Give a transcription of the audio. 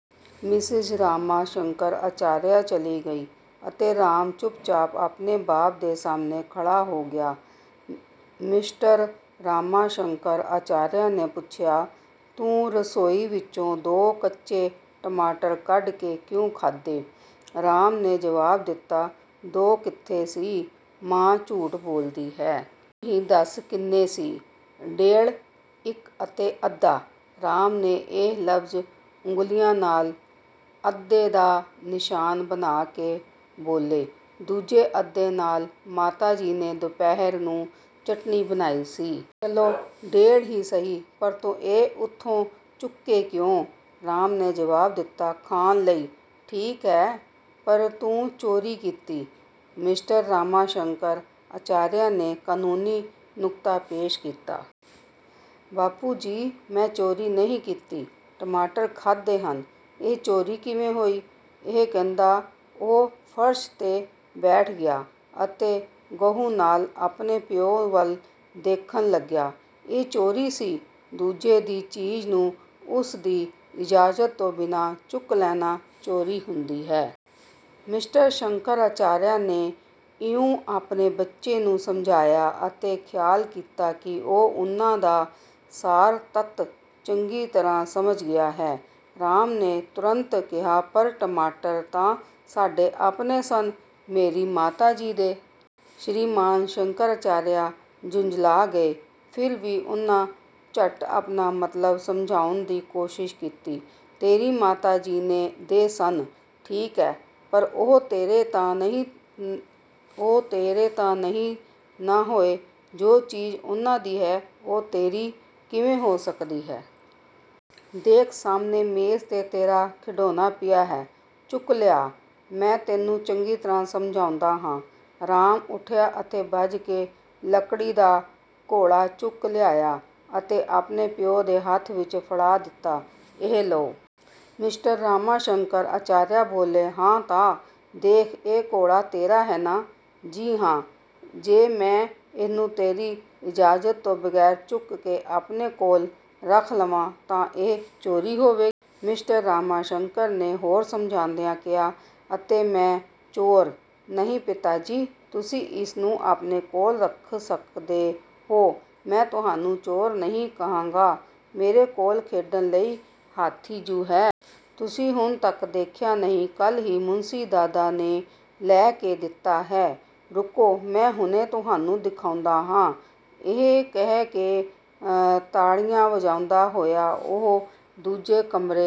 Mrs Rama Shankar Acharya ਚਲੀ ਗਈ ਅਤੇ ਰਾਮ ਚੁੱਪ-ਚਾਪ ਆਪਣੇ ਬਾਪ ਦੇ ਸਾਹਮਣੇ ਖੜ੍ਹਾ ਹੋ ਗਿਆ। ਮਿਸਟਰ ਰਾਮਾ ਸ਼ੰਕਰ ਅਚਾਰੀਆ ਨੇ ਪੁੱਛਿਆ, ਤੂੰ ਰਸੋਈ ਵਿਚੋਂ ਦੋ ਕੱਚੇ ਟਮਾਟਰ ਕੱਢ ਕੇ ਕਿਉਂ ਖਾਧੇ? " ਰਾਮ ਨੇ ਜਵਾਬ ਦਿੱਤਾ, "ਦੋ ਕਿੱਥੇ ਸੀ, ਮਾਂ ਝੂਠ ਬੋਲਦੀ ਹੈ। " "ਤੂੰ ਹੀ ਦੱਸ ਕਿੰਨੇ ਸੀ। " "ਡੇਢ। ਇਕ ਅਤੇ ਅੱਧਾ", ਰਾਮ ਨੇ ਇਹ ਲਫਜ਼ ਉਂਗਲ਼ੀਆਂ ਨਾਲ ਅੱਧੇ ਦਾ ਨਿਸ਼ਾਨ ਬਣਾ ਕੇ ਬੋਲੇ, "ਦੂਜੇ ਅੱਧੇ ਨਾਲ ਮਾਤਾ ਜੀ ਨੇ ਦੁਪਹਿਰ ਨੂੰ ਚਟਣੀ ਬਣਾਈ ਸੀ। " "ਚਲੋ ਡੇਢ ਹੀ ਸਹੀ, ਪਰ ਤੂੰ ਇਹ ਉਥੋਂ ਚੁੱਕੇ ਕਿਉਂ? " ਰਾਮ ਨੇ ਜਵਾਬ ਦਿੱਤਾ, "ਖਾਣ ਲਈ। " "ਠੀਕ ਹੈ, ਪਰ ਤੂੰ ਚੋਰੀ ਕੀਤੀ", ਮਿਸਟਰ ਰਾਮਾ ਸ਼ੰਕਰ ਅਚਾਰੀਆ ਨੇ ਕਾਨੂੰਨੀ ਨੁਕਤਾ ਪੇਸ਼ ਕੀਤਾ। ਬਾਪੂ ਜੀ ਮੈਂ ਚੋਰੀ ਨਹੀਂ ਕੀਤੀ, ਟਮਾਟਰ ਖਾਧੇ ਹਨ, ਇਹ ਚੋਰੀ ਕਿਵੇਂ ਹੋਈ? " ਇਹ ਕਹਿੰਦਾ ਉਹ ਫਰਸ਼ 'ਤੇ ਬੈਠ ਗਿਆ ਅਤੇ ਗਹੁ ਨਾਲ ਆਪਣੇ ਪਿਉ ਵੱਲ ਦੇਖਣ ਲੱਗਿਆ। "ਇਹ ਚੋਰੀ ਸੀ। ਦੂਜੇ ਦੀ ਚੀਜ਼ ਨੂੰ ਉਸ ਦੀ ਇਜਾਜ਼ਤ ਤੋਂ ਬਿਨਾਂ ਚੁੱਕ ਲੈਣਾ ਚੋਰੀ ਹੁੰਦੀ ਹੈ। " ਮਿਸਟਰ ਸ਼ੰਕਰ ਅਚਾਰੀਆ ਨੇ ਇਉਂ ਆਪਣੇ ਬੱਚੇ ਨੂੰ ਸਮਝਾਇਆ ਅਤੇ ਖਿਆਲ ਕੀਤਾ ਕਿ ਉਹ ਉਨ੍ਹਾਂ ਦਾ ਸਾਰ-ਤੱਤ ਚੰਗੀ ਤਰ੍ਹਾਂ ਸਮਝ ਗਿਆ ਹੈ। ਰਾਮ ਨੇ ਤੁਰੰਤ ਕਿਹਾ, "ਪਰ ਟਮਾਟਰ ਤਾਂ ਸਾਡੇ ਆਪਣੇ ਸਨ, ਮੇਰੀ ਮਾਤਾ ਜੀ ਦੇ। " ਸ਼੍ਰੀਮਾਨ ਸ਼ੰਕਰ ਅਚਾਰੀਆ ਝੁੰਜਲਾ ਗਏ। ਫਿਰ ਵੀ ਉਨ੍ਹਾਂ ਝੱਟ ਆਪਣਾ ਮਤਲਬ ਸਮਝਾਉਣ ਦੀ ਕੋਸ਼ਿਸ਼ ਕੀਤੀ, "ਤੇਰੀ ਮਾਤਾ ਜੀ ਦੇ ਸਨ, ਠੀਕ ਹੈ, ਪਰ ਉਹ ਤੇਰੇ ਤਾਂ ਨਹੀਂ ਨਾ ਹੋਏ। ਜੋ ਚੀਜ਼ ਉਨ੍ਹਾਂ ਦੀ ਹੈ, ਉਹ ਤੇਰੀ ਕਿਵੇਂ ਹੋ ਸਕਦੀ ਹੈ? ਦੇਖ ਸਾਹਮਣੇ ਮੇਜ਼ 'ਤੇ ਤੇਰਾ ਖਿਡੌਣਾ ਪਿਆ ਹੈ, ਚੁੱਕ ਲਿਆ, ਮੈਂ ਤੈਨੂੰ ਚੰਗੀ ਤਰ੍ਹਾਂ ਸਮਝਾਉਂਦਾ ਹਾਂ। " ਰਾਮ ਉਠਿਆ ਅਤੇ ਭੱਜ ਕੇ ਲੱਕੜੀ ਦਾ ਘੋੜਾ ਚੁੱਕ ਲਿਆਇਆ ਅਤੇ ਆਪਣੇ ਪਿਉ ਦੇ ਹੱਥ ਵਿਚ ਫੜਾ ਦਿੱਤਾ, "ਇਹ ਲਉ। " ਮਿਸਟਰ ਰਾਮਾ ਸ਼ੰਕਰ ਅਚਾਰੀਆ ਬੋਲੇ, "ਹਾਂ! ਤਾਂ ਦੇਖ, ਇਹ ਘੋੜਾ ਤੇਰਾ ਹੈ ਨਾ? " "ਜੀ ਹਾਂ। " "ਜੇ ਮੈਂ ਇਹਨੂੰ ਤੇਰੀ ਇਜਾਜ਼ਤ ਤੋਂ ਬਗ਼ੈਰ ਚੁੱਕ ਕੇ ਆਪਣੇ ਕੋਲ ਰੱਖ ਲਵਾਂ ਤਾਂ ਇਹ ਚੋਰੀ ਹੋਵੇਗੀ। " ਮਿਸਟਰ ਰਾਮਾ ਸ਼ੰਕਰ ਨੇ ਹੋਰ ਸਮਝਾਉਂਦਿਆਂ ਕਿਹਾ, "ਅਤੇ ਮੈਂ ਚੋਰ। " "ਨਹੀਂ ਪਿਤਾ ਜੀ, ਤੁਸੀਂ ਇਸ ਨੂੰ ਆਪਣੇ ਕੋਲ ਰੱਖ ਸਕਦੇ ਹੋ। ਮੈਂ ਤੁਹਾਨੂੰ ਚੋਰ ਨਹੀਂ ਕਹਾਂਗਾ। ਮੇਰੇ ਕੋਲ ਖੇਡਣ ਲਈ ਹਾਥੀ ਜੁ ਹੈ। ਤੁਸੀਂ ਹੁਣ ਤਕ ਦੇਖਿਆ ਨਹੀਂ? ਕਲ੍ਹ ਹੀ ਮੁਣਸ਼ੀ ਦਾਦਾ ਨੇ ਲੈ ਕੇ ਦਿੱਤਾ ਹੈ। ਰੁਕੋ, ਮੈਂ ਹੁਣੇ ਤੁਹਾਨੂੰ ਦਿਖਾਉਂਦਾ ਹਾਂ। " ਇਹ ਕਹਿ ਕੇ ਤਾੜੀਆਂ ਵਜਾਉਂਦਾ ਹੋਇਆ ਉਹ ਦੂਜੇ ਕਮਰੇ